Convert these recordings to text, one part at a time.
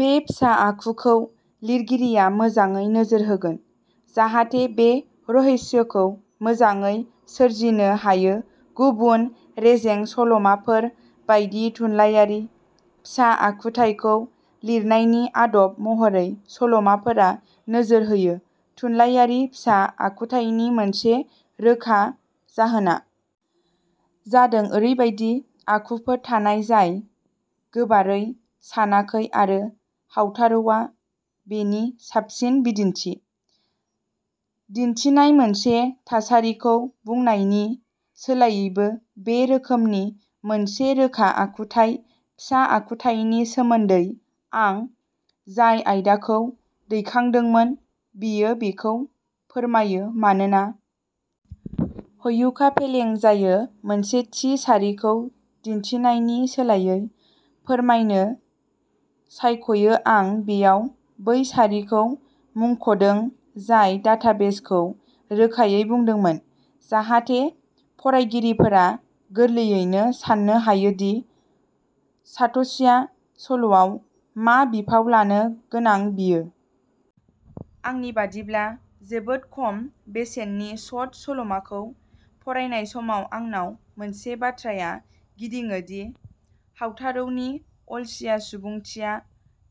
बे फिसा आखु खौ लिरगिरिया मोजाङै नोजोर होगोन जाहाथे बे रहिस्यखौ मोजाङै सोरजिनो हायो। गुबुन रेजें सल'माफोर बायदि थुनलायारि फिसा आखुथाइखौ लिरनायनि आदब महरै, सल'माफोरा नोजोर होयो। थुनलायारि फिसा आखुथाइनि मोनसे रोखा जाहोनआ। जादों ओरैबायदि आखुफोर थानाय जाय गोबारै सानाखै आरो हाउतारौआ बेनि साबसिन बिदिन्थि। दिन्थिनाय मोनसे थासारिखौ बुंनायनि सोलायैबो बे रोखोमनि मोनसे रोखा आखुथाय फिसा आखुथाइनि सोमोन्दै आं जाय आयदाखौ दैखांदोंमोन बेयो बेखौ फोरमायो मानोना, ह्युका फेलें जायो मोनसे थि सारिखौ दिन्थिनायनि सोलायै फोरमायनो सायख'यो। आं बेयाव बै सारिखौ मुंख'दों। जाय डाटाबेस खौ रोखायै बुंदोंमोन। जाहाथे फरायगिरिफोरा गोरलैयैनो सान्नो हायो दि सात'शीया सल'आव मा बिफाव लानो गोनां बेयो। आंनि बायदिब्ला जोबोद खम बेसेननि शट सल'माखौ फरायनाय समाव आंनाव मोनसे बाथ्राया गिदिङो दि। हाउतारौनि अलसिया सुबुंथिया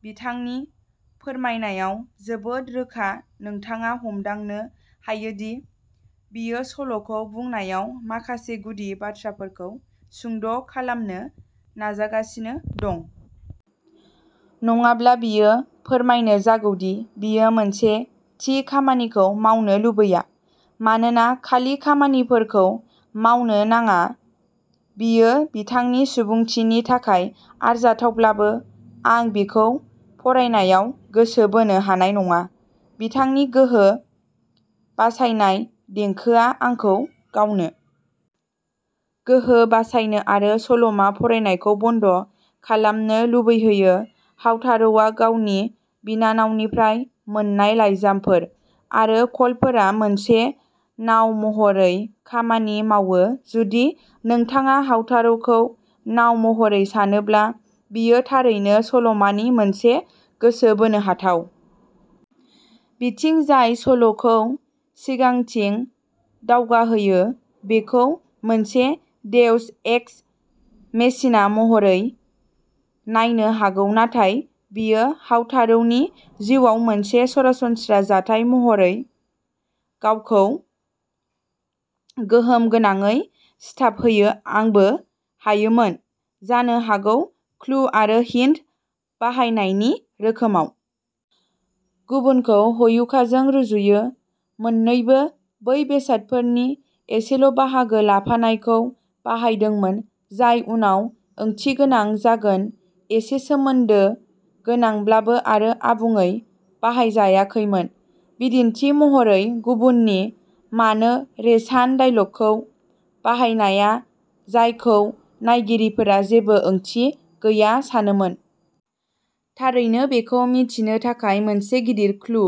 बिथांनि फोरमायनायाव जोबोद रोखा। नोंथाङा हमदांनो हायोदि बियो सल'खौ बुंनायाव माखासे गुदि बाथ्राफोरखौ सुंद'खालामनो नाजागासिनो दं। नङाब्ला बियो फोरमायनो जागौदि बियो मोनसे थि खामानिखौ मावनो लुबैया। मानोना खालि खामानिफोरखौ मावनो नाङा बेयो बिथांनि सुबुंथिनि थाखाय आरजाथावब्लाबो आं बेखौ फरायनायाव गोसो बोनो हानाय नङा। बिथांनि गोहो बासायनाय देंखोआ आंखौ गावनो। गोहो बासायनो आरो सल'मा फरायनायखौ बन्द खालामनो लुबैहोयो। हाउतारौआ गावनि बिनानावनिफ्राय मोन्नाय लाइजामफोर आरो कलफोरा मोनसे नाव महरै खामानि मावो। जुदि नोंथाङा हाउतारौखौ नाव महरै सानोब्ला बेयो थारैनो सल'मानि मोनसे गोसो बोनो हाथाव। बिथिं जाय सल'खौ सिगांथिं दावगाहोयो बेखौ मोनसे देउस एक्स मेसिना महरै नायनो हागौ। नाथाय बेयो हाउतारौनि जिउआव मोनसे सरासनस्रा जाथाय महरै गावखौ गोहोमगोनाङै सिथाबहोयो आंबो हायोमोन। जानो हागौ क्लु आरो हिंट बाहायनायनि रोखोमाव। गुबुनखौ ह्युकाजों रुजुयो। मोननैबो बै बेसादफोरनि एसेल'बाहागो लाफानायखौ बाहायदोंमोन। जाय उनाव ओंथिगोनां जागोन एसे सोमोन्दो गोनांब्लाबो आरो आबुङै बाहायजायाखैमोन। बिदिन्थि महरै गुबुननि मानो रेइ चान डायलगखौ बाहायनाया जायखौ नायगिरिफोरा जेबो ओंथि गैया सानोमोन। थारैनो बेखौ मिथिनो थाखाय मोनसे गिदिर क्लु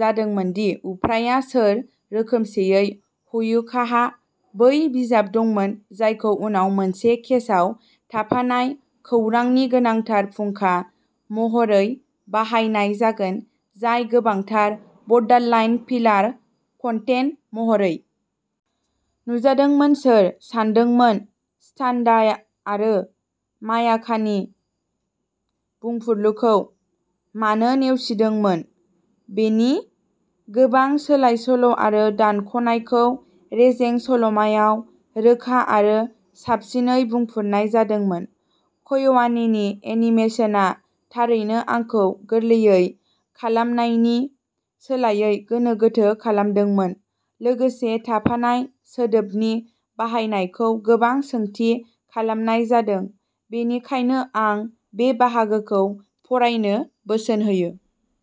जादोंमोन दि। उफ्राया सोर? रोखोमसेयै ह्युकाहा बै बिजाब दंमोन जायखौ उनाव मोनसे केसआव थाफानाय खौरांनि गोनांथार फुंखा महरै बाहायनाय जागोन। जाय गोबांथारै बर्डारलाइन फिलार कन्टेन्ट महरै। नुजादोंमोन सोर? सानदोंमोन टान्डा आरो मायाकानि बुंफुरलुखौ मानो नेवसिदोंमोन। बेनि गोबां सोलाय सोल आरो दानख'नायखौ रेजें सल'माआव रोखा आरो साबसिनै बुंफोरनाय जादोंमोन। क्य'आनीनि एनिमेशनआ थारैनो आंखौ गोरलै खालामनायनि सोलायै गोनो गोथो खालामदोंमोन। लोगोसे थाफानाय सोदोबनि बाहायनायखौ गोबां सोंथि खालामनाय जादों। बेनिखायनो आं बे बाहागोखौ फरायनो बोसोन होयो।